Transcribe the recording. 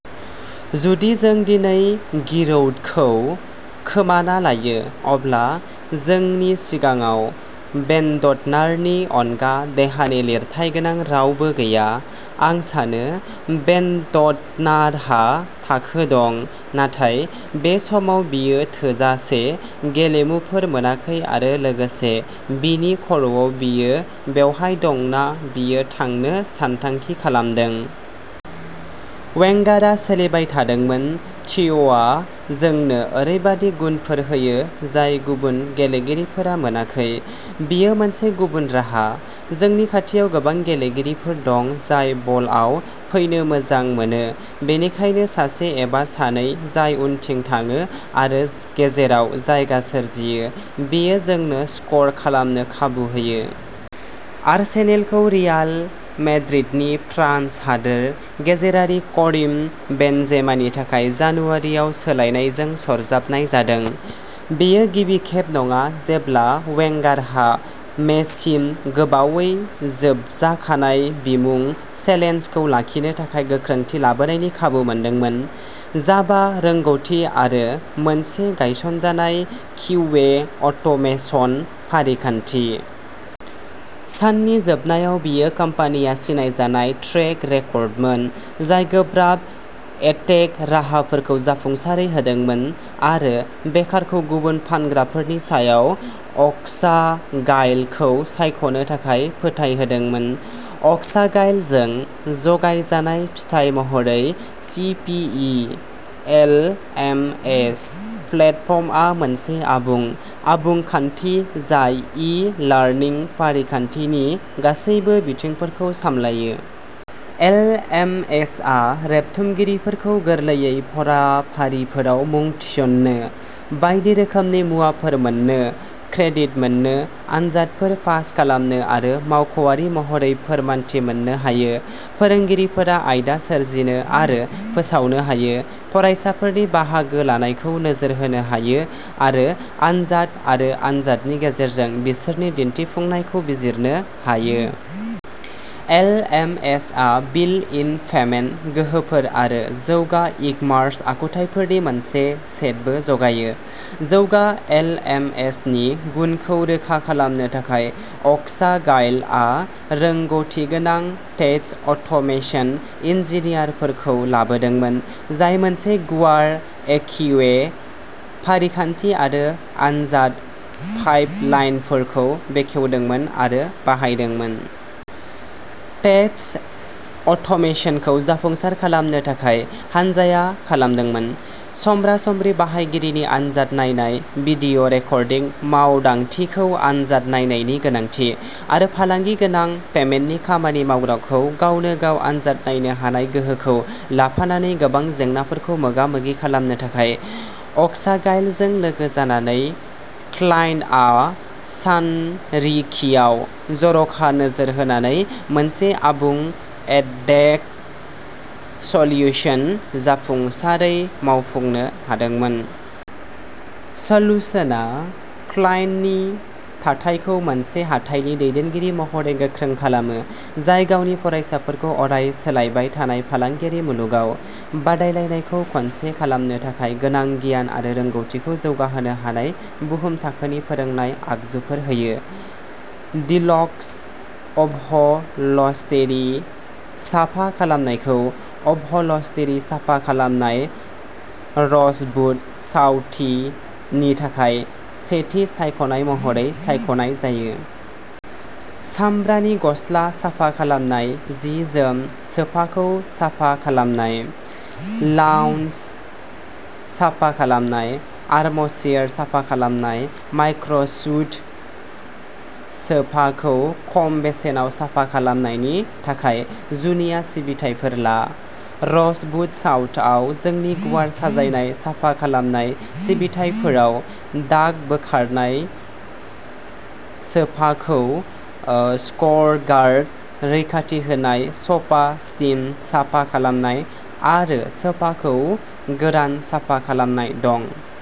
जुदि जों दिनै गिरौदखौ खोमाना लायो, अब्ला जोंनि सिगाङाव बेन्डटनारनि अनगा देहानि लिरथाइ गोनां रावबो गैया।" आं सानो बेन्डटनारहा थाखो दं, नाथाय बे समाव बियो थोजासे गेलेमुफोर मोनाखै-आरो लोगोसे, बिनि खर'आव, बियो बेवहाय दं ना बियो थांनो सानथांखि खालामदों? "वेंगारआ सोलिबाय थादोंमोनः" थिय'आ जोंनो ओरैबायदि गुनफोर होयो जाय गुबुन गेलेगिरिफोरा मोनाखै, बेयो मोनसे गुबुन राहा। "जोंनि खाथियाव गोबां गेलेगिरिफोर दं जाय बलआव फैनो मोजां मोनो, बेनिखायनो सासे एबा सानै जाय उनथिं थाङो आरो गेजेराव जायगा सोरजियो, बेयो जोंनो स्क'र खालामनो खाबु होयो।" आर्सेनलखौ रियाल मेड्रिडनि फ्रान्स हादोर गेजेरारि करिम बेनजेमानि थाखाय जानुवारियाव सोलायनायजों सरजाबनाय जादों। बेयो गिबि खेब नङा जेब्ला वेंगारहा मेसिम गोबावै जोबजाखानाय बिमुं चेलेन्जखौ लाखिनो थाखाय गोख्रोंथि लाबोनायनि खाबु मोनदोंमोन। जाभा रोंग'थि आरो मोनसे गायसनजानाय किउए अट'मेसन फारिखान्थि। साननि जोबनायाव, बेयो कम्पानिया सिनायजानाय ट्रेक रेकर्डमोन, जाय गोब्राब एडटेक राहाफोरखौ जाफुंसारै होदोंमोन आरो बेकारखौ गुबुन फानग्राफोरनि सायाव अक्सागाइलखौ सायख'नो थाखाय फोथायहोदोंमोन। अक्सागाइलजों जगायजानाय, फिथाय महरै सीपीई एलएमएस प्लेटफर्मआ मोनसे आबुं, आबुं खान्थि, जाय ई-लार्निं फारिखान्थिनि गासैबो बिथिंफोरखौ सामलायो। एलएमएसआ रेबथुमगिरिफोरखौ गोरलैयै फरायफारिफोराव मुं थिसननो, बायदि रोखोमनि मुवाफोर मोन्नो, क्रेडिट मोननो, आनजादफोर पास खालामनो आरो मावख'आरि महरै फोरमानथि मोननो हायो। फोरोंगिरिफोरा आयदा सोरजिनो आरो फोसावनो हायो, फरायसाफोरनि बाहागो लानायखौ नोजोर होनो हायो, आरो आनजाद आरो आनजादनि गेजेरजों बिसोरनि दिन्थिफुंनायखौ बिजिरनो हायो। एलएमएसआ बिल्ट-इन पेमेन्ट गोहोफोर आरो जौगा इकमार्स आखुथायफोरनि मोनसे सेटबो जगायो। जौगा एलएमएसनि गुनखौ रोखा खालामनो थाखाय, अक्सागाइलआ रोंग'थिगोनां टेस्ट अट'मेसन इन्जिनियारफोरखौ लाबोदोंमोन, जाय मोनसे गुवार एकिउए फारिखान्थि आरो आनजाद पाइपलाइनफोरखौ बेखेवदोंमोन आरो बाहायदोंमोन। टेस्ट अट'मेसनखौ जाफुंसार खालामनो थाखाय, हानजाया खालामदोंमोन। समब्रा-समब्रि बाहायगिरिनि आनजाद नायनाय, भिडिअ रेकर्डिं मावदांथिखौ आनजाद नायनायनि गोनांथि, आरो फालांगि-गोनां पेमेन्टनि खामानि-मावग्राखौ गावनो-गाव आनजाद नायनो हानाय गोहोखौ लाफानानै गोबां जेंनाफोरखौ मोगा-मोगि खालामनो थाखाय। अक्सागाइलजों लोगो जानानै, क्लाइन्टआ सानरिखियाव जर'खा नोजोर होनानै मोनसे आबुं एडटेक सल्युसन जाफुंसारै मावफुंनो हादोंमोन। सल्युशना क्लाइन्टनि थाथायखौ मोनसे हाथाइनि दैदेनगिरि महरै गोख्रों खालामो, जाय गावनि फरायसाफोरखौ अराय-सोलायबाय थानाय फालांगियारि मुलुगाव बादायलायनायखौ खनसे खालामनो थाखाय गोनां गियान आरो रोंग'थिखौ जौगाहोनो हानाय बुहुम-थाखोनि फोरोंनाय आगजुफोर होयो। डिलक्स अपह'लस्टेरि साफा खालामनायखौ अपह'लस्टेरि साफा खालामनाय र'जबुद साउथनि थाखाय सेथि सायख'नाय महरै सायख'नाय जायो। सामब्रानि गस्ला साफा खालामनाय, जि-जोम सोफाखौ साफा खालामनाय, लाउन्ज साफा खालामनाय, आर्मचेयार साफा खालामनाय, माइक्र'स्युड सोफाखौ खम बेसेनाव साफा खालामनायनि थाखाय जुनिया सिबिथाइफोर ला। र'जबुद साउथआव जोंनि गुवार साजायनाय साफा खालामनाय सिबिथाइफोराव दाग बोखारनाय, सोफाखौ स्कचगार्ड रैखाथि होनाय, स'फा स्टीम साफा खालामनाय, आरो सोफाखौ गोरान साफा खालामनाय दं।